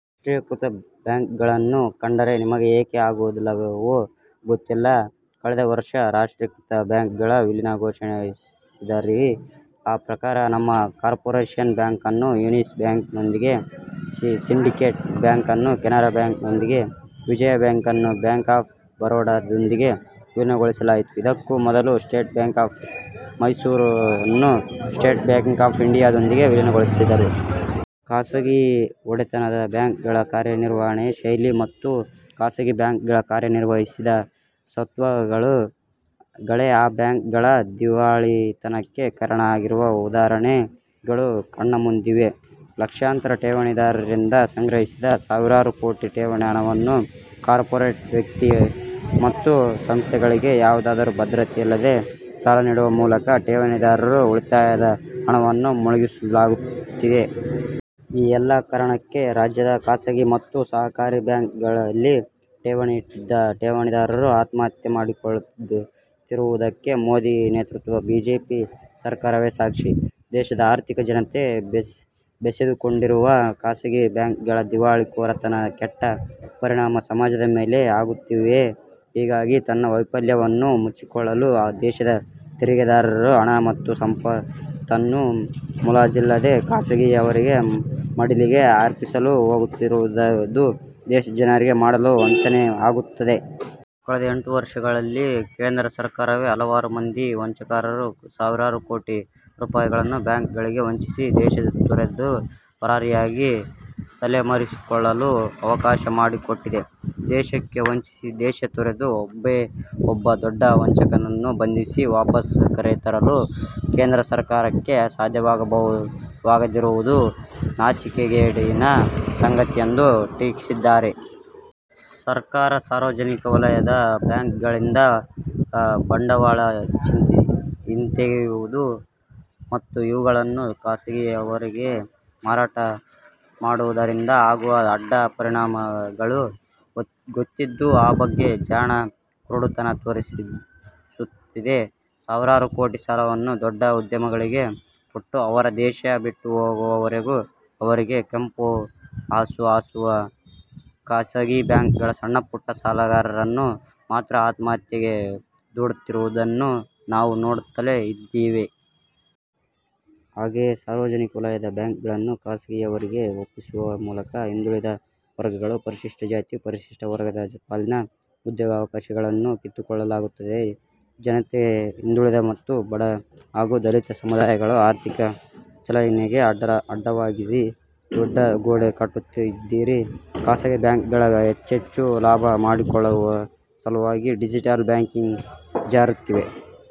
ರಾಷ್ಟ್ರೀಕೃತ ಬ್ಯಾಂಕ್ಗಳನ್ನು ಕಂಡರೆ ನಿಮಗೆ ಏಕೆ ಆಗುವುದಿಲ್ಲವೋ ಗೊತ್ತಿಲ್ಲ. ಕಳೆದ ವರ್ಷ ರಾಷ್ಟ್ರಿಕೃತ ಬ್ಯಾಂಕ್ಗಳ ವಿಲೀನ ಘೋಷಿಸಿದಿರಿ. ಆ ಪ್ರಕಾರ ನಮ್ಮ ಕಾರ್ಪೋರೇಷನ್ ಬ್ಯಾಂಕನ್ನು ಯೂನಿಯನ್ ಬ್ಯಾಂಕ್ನೊಂದಿಗೆ, ಸಿಂಡಿಕೇಟ್ ಬ್ಯಾಂಕನ್ನು ಕೆನರಾ ಬ್ಯಾಂಕ್ನೊಂದಿಗೆ, ವಿಜಯ ಬ್ಯಾಂಕನ್ನು ಬ್ಯಾಂಕ್ ಆಫ್ ಬರೋಡದೊಂದಿಗೆ ವಿಲೀನಗೊಳಿಸಲಾಯಿತು. ಇದಕ್ಕೂ ಮೊದಲು ಸ್ಟೇಟ್ ಬ್ಯಾಂಕ್ ಆಫ್ ಮೈಸೂರನ್ನು ಸ್ಟೇಟ್ ಬ್ಯಾಂಕ್ ಆಫ್ ಇಂಡಿಯಾದೊಂದಿಗೆ ವಿಲೀನಗೊಳಿಸಿದಿರಿ. ಖಾಸಗಿ ಒಡೆತನದ ಬ್ಯಾಂಕ್ಗಳ ಕಾರ್ಯನಿರ್ವಹಣೆ ಶೈಲಿ ಮತ್ತು ಖಾಸಗಿ ಬ್ಯಾಂಕ್ಗಳ ಕಾರ್ಯನಿರ್ವಹಿಸದ ಸ್ವತ್ತುಗಳೇ ಆ ಬ್ಯಾಂಕ್ಗಳ ದಿವಾಳಿತನಕ್ಕೆ ಕಾರಣ ಆಗಿರುವ ಉದಾಹರಣೆಗಳು ಕಣ್ಣ ಮುಂದಿವೆ. ಲಕ್ಷಾಂತರ ಠೇವಣಿದಾರರರಿಂದ ಸಂಗ್ರಹಿಸಿದ ಸಾವಿರಾರು ಕೋಟಿ ಠೇವಣಿ ಹಣವನ್ನು ಕಾರ್ಪೋರೇಟ್ ವ್ಯಕ್ತಿ ಮತ್ತು ಸಂಸ್ಥೆಗಳಿಗೆ ಯಾವುದೇ ಭದ್ರತೆ ಇಲ್ಲದೆ ಸಾಲ ನೀಡುವ ಮೂಲಕ ಠೇವಣಿದಾರರ ಉಳಿತಾಯದ ಹಣವನ್ನು ಮುಳುಗಿಸಲಾಗುತ್ತಿದೆ. ಈ ಎಲ್ಲಾ ಕಾರಣಕ್ಕೆ ರಾಜ್ಯದ ಖಾಸಗಿ ಮತ್ತು ಸಹಕಾರಿ ಬ್ಯಾಂಕ್ಗಳಲ್ಲಿ ಠೇವಣಿ ಇಟ್ಟಿದ್ದ ಠೇವಣಿದಾರರು ಆತ್ಮಹತ್ಯೆ ಮಾಡಿಕೊಳ್ಳುತ್ತಿರುವುದಕ್ಕೆ ಮೋದಿ ನೇತೃತ್ವದ ಬಿಜೆಪಿ ಸರ್ಕಾರವೇ ಸಾಕ್ಷಿ. ದೇಶದ ಆರ್ಥಿಕತೆ ಜತೆ ಬೆಸೆದುಕೊಂಡಿರುವ ಖಾಸಗಿ ಬ್ಯಾಂಕ್ಗಳ ದಿವಾಳಿಕೋರತನದ ಕೆಟ್ಟ ಪರಿಣಾಮಗಳು ಸಮಾಜದ ಮೇಲೆ ಆಗುತ್ತಿವೆ. ಹೀಗಾಗಿ ತನ್ನ ವೈಫಲ್ಯವನ್ನು ಮುಚ್ಚಿಕೊಳ್ಳಲು ದೇಶದ ತೆರಿಗೆದಾರರ ಹಣ ಮತ್ತು ಸಂಪತ್ತನ್ನು ಮುಲಾಜಿಲ್ಲದೆ ಖಾಸಗಿಯವರ ಮಡಿಲಿಗೆ ಅರ್ಪಿಸಲು ಹೋಗುತ್ತಿರುವುದು ದೇಶದ ಜನರಿಗೆ ಮಾಡುವ ವಂಚನೆ ಆಗುತ್ತದೆ. ಕಳೆದ ಎಂಟು ವರ್ಷಗಳಲ್ಲಿ ಕೇಂದ್ರ ಸರ್ಕಾರವೇ ಹಲವಾರು ಮಂದಿ ವಂಚಕರು ಸಾವಿರಾರು ಕೋಟಿ ರೂಪಾಯಿಗಳನ್ನು ಬ್ಯಾಂಕ್ಗಳಿಗೆ ವಂಚಿಸಿ ದೇಶ ತೊರೆದು ಪರಾರಿಯಾಗಿ ತಲೆಮರೆಸಿಕೊಳ್ಳಲು ಅವಕಾಶ ಮಾಡಿಕೊಟ್ಟಿದೆ. ದೇಶಕ್ಕೆ ವಂಚಿಸಿ ದೇಶ ತೊರೆದ ಒಬ್ಬೇ ಒಬ್ಬ ದೊಡ್ಡ ವಂಚಕನನ್ನೂ ಬಂಧಿಸಿ ವಾಪಾಸ್ ಕರೆತರಲು ಕೇಂದ್ರ ಸರ್ಕಾರಕ್ಕೆ ಸಾಧ್ಯವಾಗದಿರುವುದು ನಾಚಿಕೆಗೇಡಿನ ಸಂಗತಿ ಎಂದು ಟೀಕಿಸಿದ್ದಾರೆ. ಸರ್ಕಾರ ಸಾರ್ವಜನಿಕ ವಲಯದ ಬ್ಯಾಂಕ್ಗಳಿಂದ ಬಂಡವಾಳ ಹಿಂತೆಗೆಯುವುದು ಮತ್ತು ಇವುಗಳನ್ನು ಖಾಸಗಿಯವರಿಗೆ ಮಾರಾಟ ಮಾಡುವುದರಿಂದ ಆಗುವ ಅಡ್ಡ ಪರಿಣಾಮಗಳು ಗೊತ್ತಿದ್ದೂ ಆ ಬಗ್ಗೆ ಜಾಣ ಕುರುಡುತನ ತೋರಿಸುತ್ತಿದೆ. ಸಾವಿರಾರು ಕೋಟಿ ಸಾಲವನ್ನು ದೊಡ್ಡ ಉದ್ಯಮಿಗಳಿಗೆ ಕೊಟ್ಟು ಅವರು ದೇಶ ಬಿಟ್ಟು ಹೋಗುವವರೆಗೂ ಅವರಿಗೆ ಕೆಂಪು ಹಾಸು ಹಾಸುವ ಖಾಸಗಿ ಬ್ಯಾಂಕ್ಗಳು ಸಣ್ಣ ಪುಟ್ಟ ಸಾಲಗಾರರನ್ನು ಮಾತ್ರ ಆತ್ಮಹತ್ಯೆಗೆ ದೂಡುತ್ತಿರುವುದನ್ನು ನಾವು ನೋಡುತ್ತಲೇ ಇದ್ದೇವೆ. ಹಾಗೆಯೇ ಸಾರ್ವಜನಿಕ ವಲಯದ ಬ್ಯಾಂಕ್ಗಳನ್ನು ಖಾಸಗಿಯವರಿಗೆ ಒಪ್ಪಿಸುವ ಮೂಲಕ ಹಿಂದುಳಿದ ವರ್ಗಗಳು, ಪರಿಶಿಷ್ಠ ಜಾತಿ, ಪರಿಶಿಷ್ಠ ವರ್ಗಗಳ ಪಾಲಿನ ಉದ್ಯೋಗಾವಕಾಶಗಳನ್ನೂ ಕಿತ್ತುಕೊಳ್ಳಲಾಗುತ್ತಿದೆ. ಜತೆಗೆ ಹಿಂದುಳಿದ ಮತ್ತು ಬಡ ಹಗೂ ದಲಿತ ಸಮುದಾಯಗಳ ಆರ್ಥಿಕ ಚಲನೆಗೆ ಅಡ್ಡವಾಗಿ ದೊಡ್ಡ ಗೋಡೆ ಕಟ್ಟುತ್ತಿದ್ದೀರಿ. ಖಾಸಗಿ ಬ್ಯಾಂಕ್ಗಳು ಹೆಚ್ಚೆಚ್ಚು ಲಾಭ ಮಾಡಿಕೊಳ್ಳುವ ಸಲುವಾಗಿ ಡಿಜಟಲ್ ಬ್ಯಾಂಕಿಂಗ್ಗೆ ಜಾರುತ್ತಿವೆ.